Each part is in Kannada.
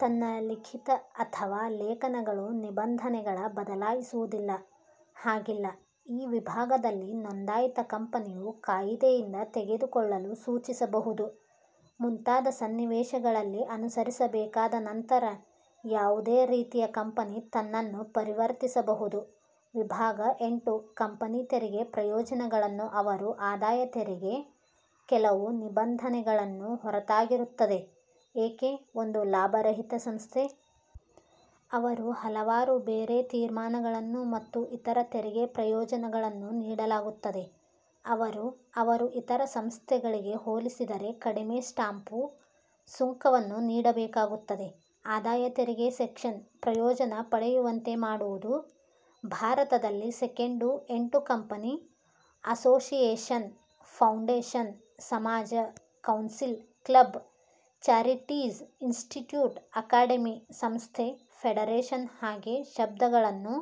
ತನ್ನ ಲಿಖಿತ ಅಥವಾ ಲೇಖನಗಳು ನಿಬಂಧನೆಗಳ ಬದಲಾಯಿಸುವುದಿಲ್ಲ ಹಾಗಿಲ್ಲ. ಈ ವಿಭಾಗದಲ್ಲಿ ನೊಂದಾಯಿತ ಕಂಪನಿಯು ಕಾಯಿದೆಯಿಂದ ತೆಗೆದುಕೊಳ್ಳಲು ಸೂಚಿಸಬಹುದು ಮುಂತಾದ ಸನ್ನಿವೇಶಗಳಲ್ಲಿ ಅನುಸರಿಸಬೇಕಾದ ನಂತರ ಯಾವುದೇ ರೀತಿಯ ಕಂಪನಿ ತನ್ನನ್ನು ಪರಿವರ್ತಿಸಬಹುದು. ವಿಭಾಗ ಎಂಟು ಕಂಪನಿ ತೆರಿಗೆ ಪ್ರಯೋಜನಗಳನ್ನು ಅವರು ಆದಾಯ ತೆರಿಗೆ ಕೆಲವು ನಿಬಂಧನೆಗಳನ್ನು ಹೊರತಾಗಿರುತ್ತದೆ ಏಕೆ ಒಂದು ಲಾಭರಹಿತ ಸಂಸ್ಥೆ. ಅವರು ಹಲವಾರು ಬೇರೆ ತೀರ್ಮಾನಗಳನ್ನು ಮತ್ತು ಇತರ ತೆರಿಗೆ ಪ್ರಯೋಜನಗಳನ್ನು ನೀಡಲಾಗುತ್ತದೆ. ಅವರು ಅವರು ಇತರ ಸಂಸ್ಥೆಗಳಿಗೆ ಹೋಲಿಸಿದರೆ ಕಡಿಮೆ ಸ್ಟಾಂಪು ಸುಂಕವನ್ನು ನೀಡಬೇಕಾಗುತ್ತದೆ ಆದಾಯ ತೆರಿಗೆ ಸೆಕ್ಷನ್ ಪ್ರಯೋಜನ ಪಡೆಯುವಂತೆ ಮಾಡುವುದು. ಭಾರತದಲ್ಲಿ ಸೆಕೆಂಡು ಎಂಟು ಕಂಪನಿ ಅಸೋಸಿಯೇಷನ್, ಫೌಂಡೇಶನ್, ಸಮಾಜ, council, club, charities, institute, academy, ಸಂಸ್ಥೆ, ಫೆಡರೇಷನ್ ಹಾಗೆ ಶಬ್ದಗಳನ್ನು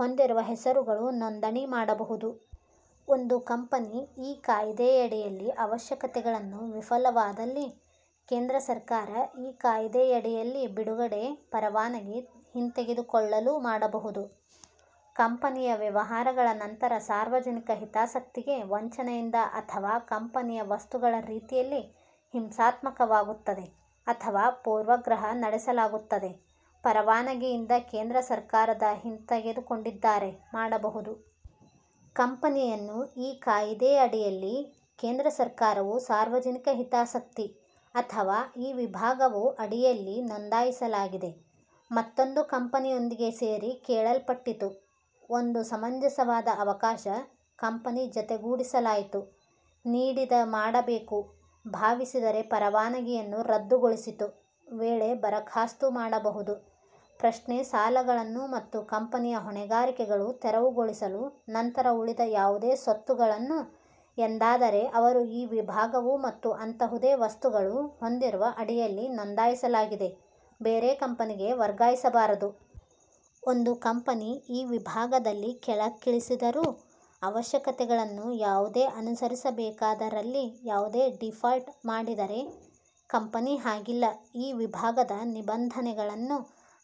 ಹೊಂದಿರುವ ಹೆಸರುಗಳು ನೋಂದಣಿ ಮಾಡಬಹುದು. ಒಂದು ಕಂಪನಿ ಈ ಕಾಯಿದೆಯಡಿಯಲ್ಲಿ ಅವಶ್ಯಕತೆಗಳನ್ನು ವಿಫಲವಾದಲ್ಲಿ ಕೇಂದ್ರ ಸರ್ಕಾರ ಈ ಕಾಯಿದೆಯಡಿಯಲ್ಲಿ ಬಿಡುಗಡೆ ಪರವಾನಿಗೆ ಹಿಂತೆಗೆದುಕೊಳ್ಳಲು ಮಾಡಬಹುದು. ಕಂಪನಿಯ ವ್ಯವಹಾರಗಳ ನಂತರ ಸಾರ್ವಜನಿಕ ಹಿತಾಸಕ್ತಿಗೆ ವಂಚನೆಯಿಂದ ಅಥವಾ ಕಂಪನಿಯ ವಸ್ತುಗಳ ರೀತಿಯಲ್ಲಿ ಹಿಂಸಾತ್ಮಕವಾಗುತ್ತದೆ ಅಥವಾ ಪೂರ್ವಗ್ರಹ ನಡೆಸಲಾಗುತ್ತದೆ ಪರವಾನಗಿಯಿಂದ ಕೇಂದ್ರ ಸರ್ಕಾರದ ಹಿಂತೆಗೆದುಕೊಂಡಿದ್ದಾರೆ ಮಾಡಬಹುದು. ಕಂಪನಿಯನ್ನು ಈ ಕಾಯಿದೆಯಡಿಯಲ್ಲಿ ಕೇಂದ್ರ ಸರ್ಕಾರವು ಸಾರ್ವಜನಿಕ ಹಿತಾಸಕ್ತಿ ಅಥವಾ ಈ ವಿಭಾಗವು ಅಡಿಯಲ್ಲಿ ನೋಂದಾಯಿಸಲಾಗಿದೆ ಮತ್ತೊಂದು ಕಂಪನಿಯೊಂದಿಗೆ ಸೇರಿ ಕೇಳಲ್ಪಟ್ಟಿತು ಒಂದು ಸಮಂಜಸವಾದ ಅವಕಾಶ ಕಂಪನಿ ಜತೆಗೂಡಿಸಲಾಯಿತು ನೀಡಿದ ಮಾಡಬೇಕು ಭಾವಿಸಿದರೆ ಪರವಾನಗಿಯನ್ನು ರದ್ದುಗೊಳಿಸಿತು ವೇಳೆ ಬರಖಾಸ್ತು ಮಾಡಬಹುದು. ಪ್ರಶ್ನೆ ಸಾಲಗಳನ್ನು ಮತ್ತು ಕಂಪನಿಯ ಹೊಣೆಗಾರಿಕೆಗಳು ತೆರವುಗೊಳಿಸಲು ನಂತರ ಉಳಿದ ಯಾವುದೇ ಸ್ವತ್ತುಗಳನ್ನು ಎಂದಾದರೆ ಅವರು ಈ ವಿಭಾಗವು ಮತ್ತು ಅಂತಹುದೇ ವಸ್ತುಗಳು ಹೊಂದಿರುವ ಅಡಿಯಲ್ಲಿ ನೋಂದಾಯಿಸಲಾಗಿದೆ ಬೇರೆ ಕಂಪನಿಗೆ ವರ್ಗಾಯಿಸಬಾರದು. ಒಂದು ಕಂಪನಿ ಈ ವಿಭಾಗದಲ್ಲಿ ಕೆಳಕ್ಕಿಳಿಸಿದರು ಅವಶ್ಯಕತೆಗಳನ್ನು ಯಾವುದೇ ಅನುಸರಿಸಬೇಕಾದ ರಲ್ಲಿ ಯಾವುದೇ ಡೀಫಾಲ್ಟ್ ಮಾಡಿದರೆ ಕಂಪನಿ ಹಾಗಿಲ್ಲ ಈ ವಿಭಾಗದ ನಿಬಂಧನೆಗಳನ್ನು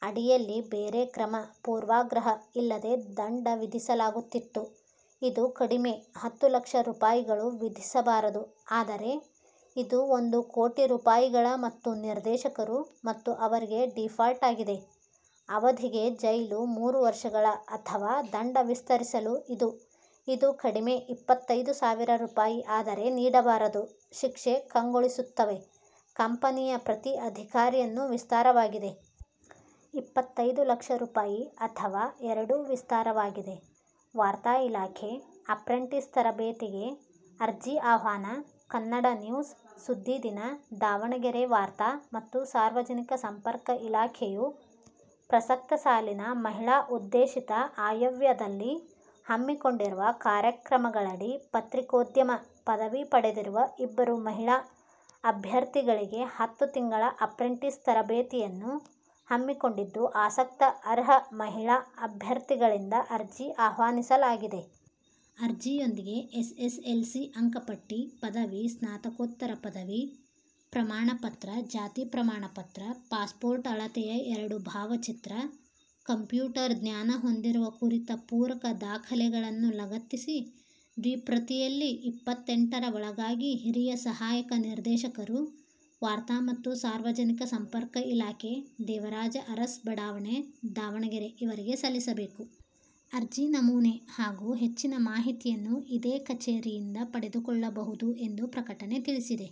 ಅಡಿಯಲ್ಲಿ ಬೇರೆ ಕ್ರಮ ಪೂರ್ವಾಗ್ರಹ ಇಲ್ಲದೆ ದಂಡ ವಿಧಿಸಲಾಗುತ್ತಿತ್ತು. ಇದು ಕಡಿಮೆ ಹತ್ತು ಲಕ್ಷ ರೂಪಾಯಿಗಳು ವಿಧಿಸಬಾರದು ಆದರೆ ಇದು ಒಂದು ಕೋಟಿ ರೂಪಾಯಿಗಳ ಮತ್ತು ನಿರ್ದೇಶಕರು ಮತ್ತು ಅವರಿಗೆ ಡೀಫಾಲ್ಟ್ ಆಗಿದೆ ಅವಧಿಗೆ ಜೈಲು ಮೂರು ವರ್ಷಗಳ ಅಥವಾ ದಂಡ ವಿಸ್ತರಿಸಲು ಇದು ಇದು ಕಡಿಮೆ ಇಪ್ಪತ್ತೈದು ಸಾವಿರ ರೂಪಾಯಿ ಆದರೆ ನೀಡಬಾರದು ಶಿಕ್ಷೆ ಕಂಗೊಳಿಸುತ್ತವೆ ಕಂಪೆನಿಯ ಪ್ರತಿ ಅಧಿಕಾರಿಯನ್ನು ವಿಸ್ತಾರವಾಗಿದೆ. ಇಪ್ಪತ್ತೈದು ಲಕ್ಷ ರೂಪಾಯಿ ಅಥವಾ ಎರಡೂ ವಿಸ್ತಾರವಾಗಿದೆ. ವಾರ್ತಾಇಲಾಖೆ ಅಪ್ರೆಂಟಿಸ್ ತರಬೇತಿಗೆ ಅರ್ಜಿ ಆಹ್ವಾನ ಕನ್ನಡ ನ್ಯೂಸ್ ಸುದ್ದಿದಿನ, ದಾವಣಗೆರೆ ವಾರ್ತಾ ಮತ್ತು ಸಾರ್ವಜನಿಕ ಸಂಪರ್ಕ ಇಲಾಖೆಯು ಪ್ರಸಕ್ತ ಸಾಲಿನ ಮಹಿಳಾ ಉದ್ದೇಶಿತ ಆಯವ್ಯದಲ್ಲಿ ಹಮ್ಮಿಕೊಂಡಿರುವ ಕಾರ್ಯಕ್ರಮಗಳಡಿ ಪತ್ರಿಕೋದ್ಯಮ ಪದವಿ ಪಡೆದಿರುವ ಇಬ್ಬರು ಮಹಿಳಾ ಅಭ್ಯರ್ಥಿಗಳಿಗೆ ಹತ್ತು ತಿಂಗಳ ಅಪ್ರೆಂಟಿಸ್ ತರಬೇತಿಯನ್ನು ಹಮ್ಮಿಕೊಂಡಿದ್ದು ಆಸಕ್ತ ಅರ್ಹ ಮಹಿಳಾ ಅಭ್ಯರ್ಥಿಗಳಿಂದ ಅರ್ಜಿ ಆಹ್ವಾನಿಸಲಾಗಿದೆ. ಅರ್ಜಿಯೊಂದಿಗೆ ಎಸ್ಎಸ್ಎಲ್ಸಿ ಅಂಕಪಟ್ಟಿ ಪದವಿ ಸ್ನಾತಕೋತ್ತರ ಪದವಿ ಪ್ರಮಾಣಪತ್ರ, ಜಾತಿ ಪ್ರಮಾಣಪತ್ರ, ಪಾಸ್ಪೋರ್ಟ್ ಅಳತೆಯ ಎರಡು ಭಾವಚಿತ್ರ, ಕಂಪ್ಯೂಟರ್ ಜ್ಞಾನ ಹೊಂದಿರುವ ಕುರಿತ ಪೂರಕ ದಾಖಲೆಗಳನ್ನು ಲಗತ್ತಿಸಿ ದ್ವಿಪ್ರತಿಯಲ್ಲಿ ಇಪ್ಪತ್ತೆಂಟರ ಒಳಗಾಗಿ ಹಿರಿಯ ಸಹಾಯಕ ನಿರ್ದೇಶಕರು, ವಾರ್ತಾ ಮತ್ತು ಸಾರ್ವಜನಿಕ ಸಂಪರ್ಕ ಇಲಾಖೆ, ದೇವರಾಜ ಅರಸ್ ಬಡಾವಣೆ, ದಾವಣಗೆರೆ ಇವರಿಗೆ ಸಲ್ಲಿಸಬೇಕು. ಅರ್ಜಿ ನಮೂನೆ ಹಾಗೂ ಹೆಚ್ಚಿನ ಮಾಹಿತಿಯನ್ನು ಇದೇ ಕಚೇರಿಯಿಂದ ಪಡೆದುಕೊಳ್ಳಬಹುದು ಎಂದು ಪ್ರಕಟಣೆ ತಿಳಿಸಿದೆ.